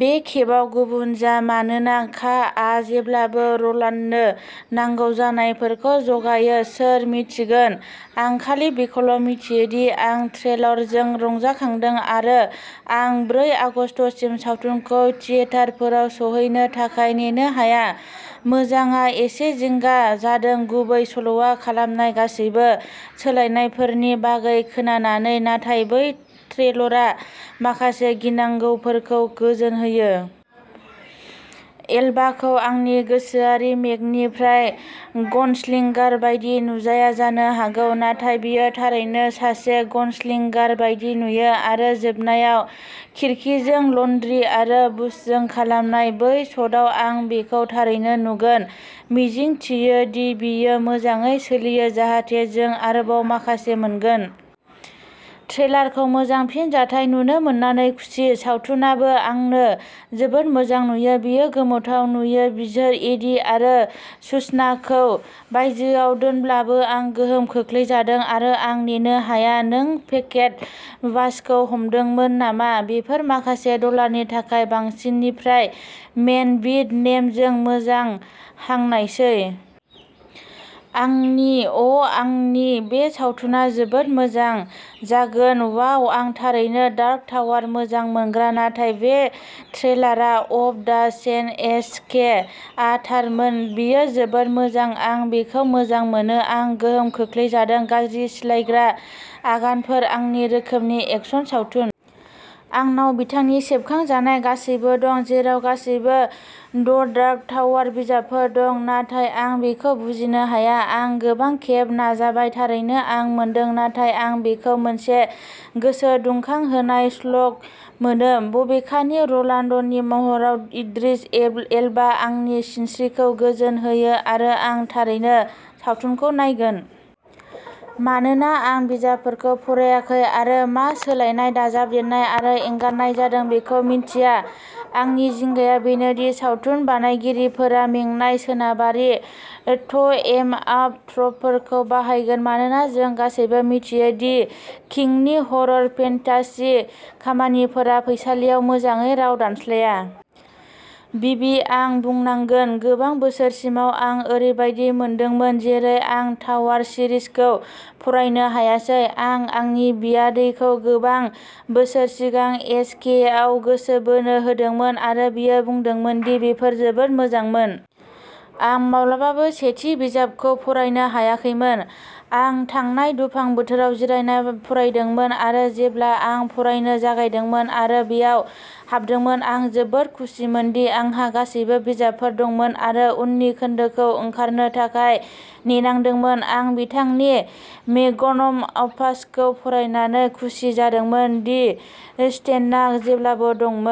बे खेबाव गुबुन जा, मानोना का आ जेब्लाबो र'लान्डनो नांगौ जानायफोरखौ जगायो। सोर मिन्थिगोन? आं खालि बेखौल' मिथियो दि आं ट्रेलरजों रंजाखांदों आरो आं ब्रै आगस्तसिम सावथुनखौ थियेटारफोराव सौहैनो थाखाय नेनो हाया। मोजां आं एसे जिंगा जादों, गुबै सल'आव खालामनाय गासैबो सोलायनायफोरनि बागै खोनानानै, नाथाय बै ट्रेलरआ माखासे गिनांगौफोरखौ गोजोन होयो। एलबाखौ आंनि गोसोआरि मेगनिफ्राय गनस्लिंगार बायदि नुजाया जानो हागौ, नाथाय बियो थारैनो सासे गनस्लिंगार बायदि नुयो। आरो जोबनायाव, खिरखिजों, लन्ड्रि आरो बुशजों खालामनाय बै शटआव आं बेखौ थारैनो नुगोन। मिजिंथियो दि बेयो मोजाङै सोलियो जाहाथे जों आरोबाव माखासे मोनगोन। ट्रेलारखौ मोजां फिनजाथाय नुनो मोननानै खुसि। सावथुनआबो आंनो जोबोद मोजां नुयो बेयो गोमोथाव नुयो बिसोर एडि आरो सुसान्नाखौ बायजोआव दोनबायब्लाबो आं गोहोम खोख्लैजादों आरो आं नेनो हाया नों पेकेट वाचखौ हमदोंमोन नामा? बेफोर माखासे डलारनि थाखाय बांसिन निफ्राय मेन विद नेमखौ मोजां हांनायसै। आंनि अ' आंनि बे सावथुना जोबोद मोजां जागोन वाव आं थारैनो डार्क टावार मोजां मोनग्रा नाथाय बे ट्रेलारआ अफ दा चेन एस के आ थारमोन बेयो जोबोद मोजां आं बेखौ मोजां मोनो आं गोहोम खोख्लैजादों गाज्रि सिलायग्रा आगानफोर, आंनि रोखोमनि एक्शन सावथुन। आंनाव बिथांनि सेबखांजानाय गासैबो दं, जेराव गासैबो द डार्क टावार बिजाबफोर दं, नाथाय आं बेखौ बुजिनो हाया। आं गोबां खेब नाजाबाय, थारैनो आं मोनदों, नाथाय आं बेखौ मोनसे गोसो दुंखांहोनाय स्लग मोनो। बबेखानि र'लान्डनि महराव इद्रिस एल्बा आंनि सिनस्रिखौ गोजोन होयो आरो आं थारैनो सावथुनखौ नायगोन। मानोना आं बिजाबफोरखौ फरायाखै आरो मा सोलायनाय, दाजाबदेरनाय, आरो एंगारनाय जादों बेखौ मिन्थिया, आंनि जिंगाया बेनो दि सावथुन बानायगिरिफोरा मेंनाय सोनाबारि ट'एम-आप ट्रपफोरखौ बाहायगोन मानोना जों गासैबो मिथियो दि किंनि हरर फेन्टासि खामानिफोरा फैसालियाव मोजाङै राव दानस्लाया। बिबि, आं बुंनांगोन, गोबां बोसोरसिम आं ओरैबायदि मोनदोंमोन जेरै आं टावार सिरिजखौ फरायनो हायासै। आं आंनि बियादैखौ गोबां बोसोर सिगां एस के आव गोसो बोनो हादोंमोन आरो बियो बुंदोंमोन दि बेफोर जोबोद मोजांमोन। आं माब्लाबाबो सेथि बिजाबखौ फरायनो हायाखैमोन। आं थांनाय दुफां बोथोराव जिरायना फरायदोंमोन, आरो जेब्ला आं फरायनो जागायदोंमोन आरो बेयाव हाबदोंमोन, आं जोबोद खुसिमोनदि आंहा गासैबो बिजाबफोर दंमोन आरो उननि खोन्दोखौ ओंखारनो थाखाय नेनांदोंमोन आं बिथांनि मेग्नम अपासखौ फरायनानै खुसि जादोंमोन। दि स्टेन्डआ जेब्लाबो दंमोन।